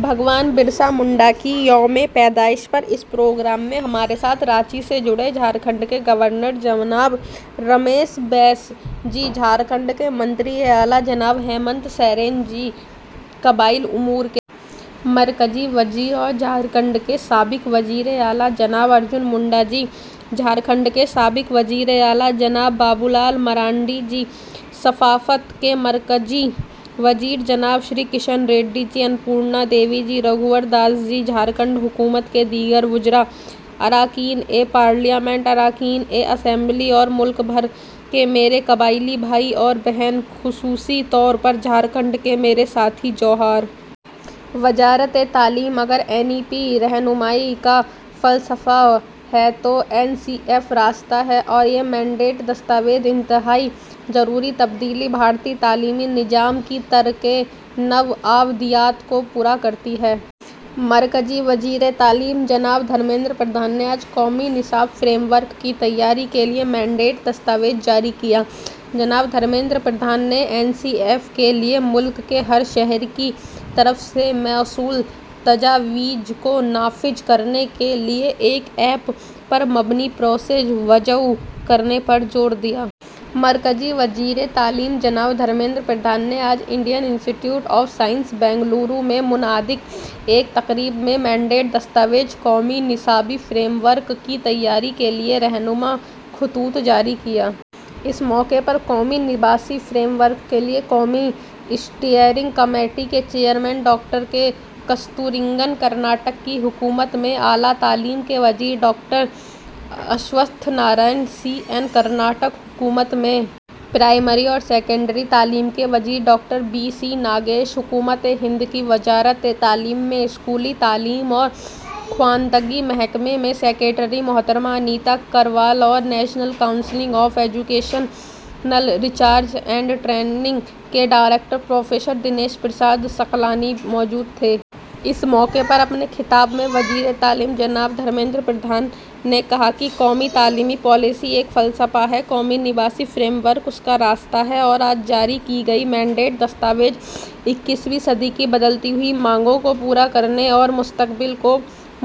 بھگوان برسا منڈا کی یوم پیدائش پر اس پروگرام میں ہمارے ساتھ رانچی سے جڑے جھارکھنڈ کے گورنر جناب رمیش بیس جی، جھارکھنڈ کے وزیر اعلیٰ جناب ہیمنت سورین جی، قبائلی امور کے مرکزی وزیر اور جھارکھنڈ کے سابق وزیر اعلیٰ جناب ارجن منڈا جی، جھارکھنڈ کے سابق وزیر اعلیٰ جناب بابولال مرانڈی جی، ثقافت کے مرکزی وزیر جناب جی کشن ریڈی جی، ان پورنا دیوی جی، رگھوور داس جی، جھارکھنڈ حکومت کے دیگر وزراء، اراکین پارلیمنٹ، اراکین اسمبلی اور ملک بھر کے میرے قبائلی بھائی اور بہن، خصوصی طور پر جھارکھنڈ کے میرے ساتھی، جوہار! وزارت تعلیم۔ اگر این ای پی رہنمائی کا فلسفہ ہے تو این سی ایف راستہ ہے، اور یہ مینڈیٹ دستاویز انتہائی ضروری تبدیلی، بھارتی تعلیمی نظام کی ترکِ نوآبادیات، کو پورا کرتی ہے۔ مرکزی وزیر تعلیم جناب دھرمیندر پردھان نے آج قومی نصاب فریم ورک کی تیاری کے لیے مینڈیٹ دستاویز جاری کیا۔ جناب دھرمیندر پردھان نے این سی ایف کے لیے ملک کے ہر شہری کی طرف سے موصول تجاویز کو نافذ کرنے کے لیے ایک ایپ پر مبنی پروسیس وضع کرنے پر زور دیا۔ مرکزی وزیر تعلیم جناب دھرمیندر پردھان نے آج Indian Institute of Science, Bengaluru میں منعقدہ ایک تقریب میں مینڈیٹ دستاویز، قومی نصابی فریم ورک کی تیاری کے لیے رہنما خطوط، جاری کیا۔ اس موقع پر قومی نصابی فریم ورک کے لیے قومی اسٹیئرنگ کمیٹی کے chairman doctor K. Kasturirangan, Karnataka کی حکومت میں اعلیٰ تعلیم کے وزیر doctor Ashwath Narayan C N, Karnataka حکومت میں پرائمری اور سیکنڈری تعلیم کے وزیر ڈاکٹر بی سی ناگیش، حکومت ہند کی وزارت تعلیم میں اسکولی تعلیم اور خواندگی محکمہ میں سکریٹری محترمہ انیتا کروال اور national council of educational research and training کے ڈائریکٹر پروفیسر دنیش پرساد سکلانی موجود تھے۔ اس موقع پر اپنے خطاب میں وزیر تعلیم جناب دھرمیندر پردھان نے کہا کہ قومی تعلیمی پالیسی ایک فلسفہ ہے، قومی نصابی فریم ورک اس کا راستہ ہے اور آج جاری کی گئی مینڈیٹ دستاویز اکیسویں صدی کی بدلتی ہوئی مانگوں کو پورا کرنے اور مستقبل کو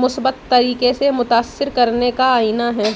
مثبت طریقے سے متاثر کرنے کا آئین ہے۔